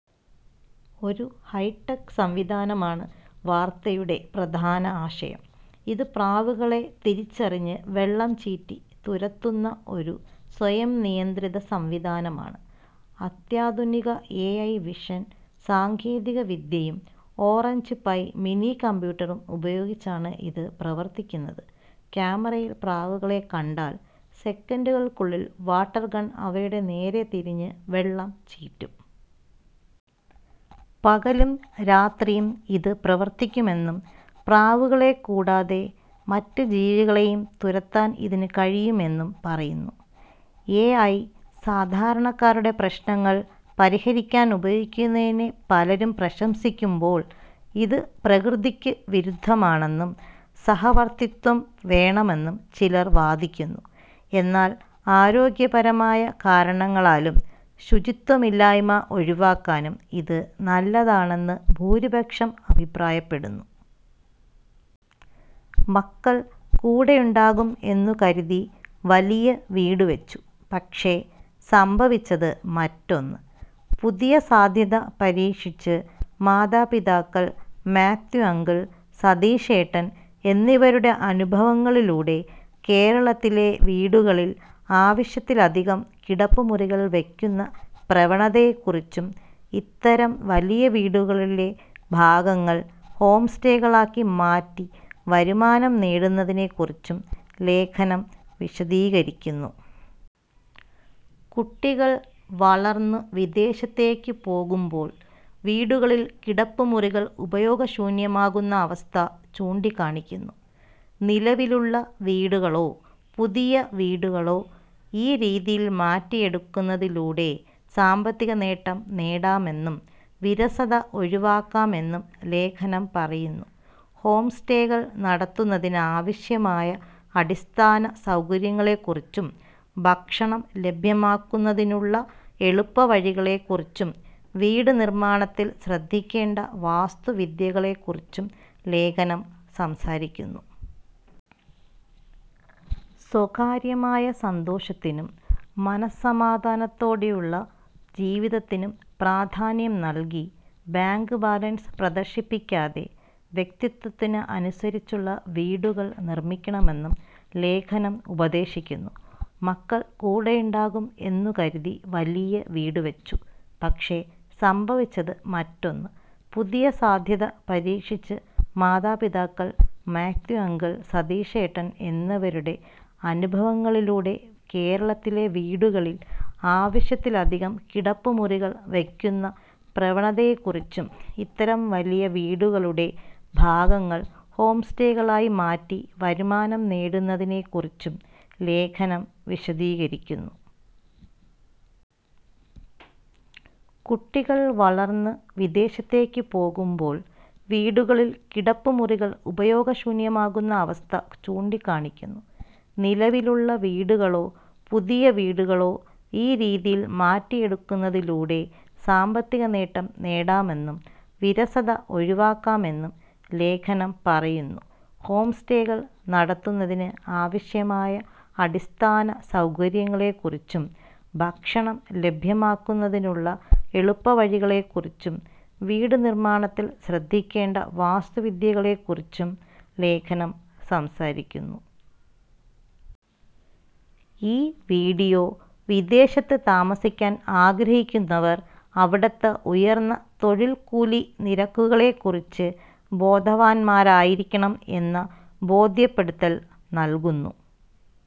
ഒരു ഹൈടെക് സംവിധാനമാണ് വാർത്തയുടെ പ്രധാന ആശയം. ഇത് പ്രാവുകളെ തിരിച്ചറിഞ്ഞ് വെള്ളം ചീറ്റി തുരത്തുന്ന ഒരു സ്വയംനിയന്ത്രിത സംവിധാനമാണ്. അത്യാധുനിക എഐ വിഷൻ സാങ്കേതികവിദ്യയും ഓറഞ്ച് പൈ മിനി കമ്പ്യൂട്ടറും ഉപയോഗിച്ചാണ് ഇത് പ്രവർത്തിക്കുന്നത്. ക്യാമറയിൽ പ്രാവുകളെ കണ്ടാൽ സെക്കൻഡുകൾക്കുള്ളിൽ വാട്ടർ ഗൺ അവയുടെ നേരെ തിരിഞ്ഞ് വെള്ളം ചീറ്റും. പകലും രാത്രിയും ഇത് പ്രവർത്തിക്കുമെന്നും, പ്രാവുകളെ കൂടാതെ മറ്റ് ജീവികളെയും തുരത്താൻ ഇതിന് കഴിയും എന്നും പറയുന്നു. എഐ സാധാരണക്കാരുടെ പ്രശ്നങ്ങൾ പരിഹരിക്കാൻ ഉപയോഗിക്കുന്നതിനെ പലരും പ്രശംസിക്കുമ്പോൾ, ഇത് പ്രകൃതിക്ക് വിരുദ്ധമാണെന്നും സഹവർത്തിത്വം വേണമെന്നും ചിലർ വാദിക്കുന്നു. എന്നാൽ ആരോഗ്യപരമായ കാരണങ്ങളാലും ശുചിത്വമില്ലായ്മ ഒഴിവാക്കാനും ഇത് നല്ലതാണെന്ന് ഭൂരിപക്ഷം അഭിപ്രായപ്പെടുന്നു. മക്കൾ കൂടെയുണ്ടാകും എന്നുകരുതി വലിയ വീട് വച്ചു; പക്ഷേ സംഭവിച്ചത് മറ്റൊന്ന്; പുതിയ സാധ്യത പരീക്ഷിച്ച് മാതാപിതാക്കൾ മാത്യു അങ്കിൾ, സതീശേട്ടൻ എന്നിവരുടെ അനുഭവങ്ങളിലൂടെ, കേരളത്തിലെ വീടുകളിൽ ആവശ്യത്തിലധികം കിടപ്പുമുറികൾ വയ്ക്കുന്ന പ്രവണതയെക്കുറിച്ചും, ഇത്തരം വലിയ വീടുകളുടെ ഭാഗങ്ങൾ ഹോംസ്റ്റേകളായി മാറ്റി വരുമാനം നേടുന്നതിനെക്കുറിച്ചും ലേഖനം വിശദീകരിക്കുന്നു. കുട്ടികൾ വളർന്നു വിദേശത്തേക്ക് പോകുമ്പോൾ വീടുകളിൽ കിടപ്പുമുറികൾ ഉപയോഗശൂന്യമാകുന്ന അവസ്ഥ ചൂണ്ടിക്കാണിക്കുന്നു. നിലവിലുള്ള വീടുകളോ പുതിയ വീടുകളോ ഈ രീതിയിൽ മാറ്റിയെടുക്കുന്നതിലൂടെ സാമ്പത്തിക നേട്ടം നേടാമെന്നും, വിരസത ഒഴിവാക്കാമെന്നും ലേഖനം പറയുന്നു. ഹോംസ്റ്റേകൾ നടത്തുന്നതിന് ആവശ്യമായ അടിസ്ഥാന സൗകര്യങ്ങളെക്കുറിച്ചും, ഭക്ഷണം ലഭ്യമാക്കുന്നതിനുള്ള എളുപ്പവഴികളെക്കുറിച്ചും, വീട് നിർമ്മാണത്തിൽ ശ്രദ്ധിക്കേണ്ട വാസ്തുവിദ്യകളെക്കുറിച്ചും ലേഖനം സംസാരിക്കുന്നു. സ്വകാര്യമായ സന്തോഷത്തിനും മനസ്സ് സമാധാനത്തോടെയുള്ള ജീവിതത്തിനും പ്രാധാന്യം നൽകി, ബാങ്ക് ബാലൻസ് പ്രദർശിപ്പിക്കാതെ, വ്യക്തിത്വത്തിന് അനുസരിച്ചുള്ള വീടുകൾ നിർമ്മിക്കണമെന്നും ലേഖനം ഉപദേശിക്കുന്നു. മക്കൾ കൂടെയുണ്ടാകും എന്നുകരുതി വലിയ വീട് വച്ചു; പക്ഷേ സംഭവിച്ചത് മറ്റൊന്ന്; പുതിയ സാധ്യത പരീക്ഷിച്ച് മാതാപിതാക്കൾ മാത്യു അങ്കിൾ, സതീശേട്ടൻ എന്നിവരുടെ അനുഭവങ്ങളിലൂടെ, കേരളത്തിലെ വീടുകളിൽ ആവശ്യത്തിലധികം കിടപ്പുമുറികൾ വയ്ക്കുന്ന പ്രവണതയെക്കുറിച്ചും, ഇത്തരം വലിയ വീടുകളുടെ ഭാഗങ്ങൾ ഹോംസ്റ്റേകളായി മാറ്റി വരുമാനം നേടുന്നതിനെക്കുറിച്ചും ലേഖനം വിശദീകരിക്കുന്നു. കുട്ടികൾ വളർന്നു വിദേശത്തേക്ക് പോകുമ്പോൾ വീടുകളിൽ കിടപ്പുമുറികൾ ഉപയോഗശൂന്യമാകുന്ന അവസ്ഥ ചൂണ്ടിക്കാണിക്കുന്നു. നിലവിലുള്ള വീടുകളോ പുതിയ വീടുകളോ ഈ രീതിയിൽ മാറ്റിയെടുക്കുന്നതിലൂടെ സാമ്പത്തിക നേട്ടം നേടാമെന്നും, വിരസത ഒഴിവാക്കാമെന്നും ലേഖനം പറയുന്നു. ഹോംസ്റ്റേകൾ നടത്തുന്നതിന് ആവശ്യമായ അടിസ്ഥാന സൗകര്യങ്ങളെക്കുറിച്ചും, ഭക്ഷണം ലഭ്യമാക്കുന്നതിനുള്ള എളുപ്പവഴികളെക്കുറിച്ചും, വീട് നിർമ്മാണത്തിൽ ശ്രദ്ധിക്കേണ്ട വാസ്തുവിദ്യകളെക്കുറിച്ചും ലേഖനം സംസാരിക്കുന്നു. ഈ വിഡിയോ വിദേശത്ത് താമസിക്കാൻ ആഗ്രഹിക്കുന്നവർ അവിടുത്തെ ഉയർന്ന തൊഴിൽക്കൂലി നിരക്കുകളെക്കുറിച്ച് ബോധവാന്മാരായിരിക്കണം എന്ന ഓർമപ്പെടുത്തൽ നൽകുന്നു.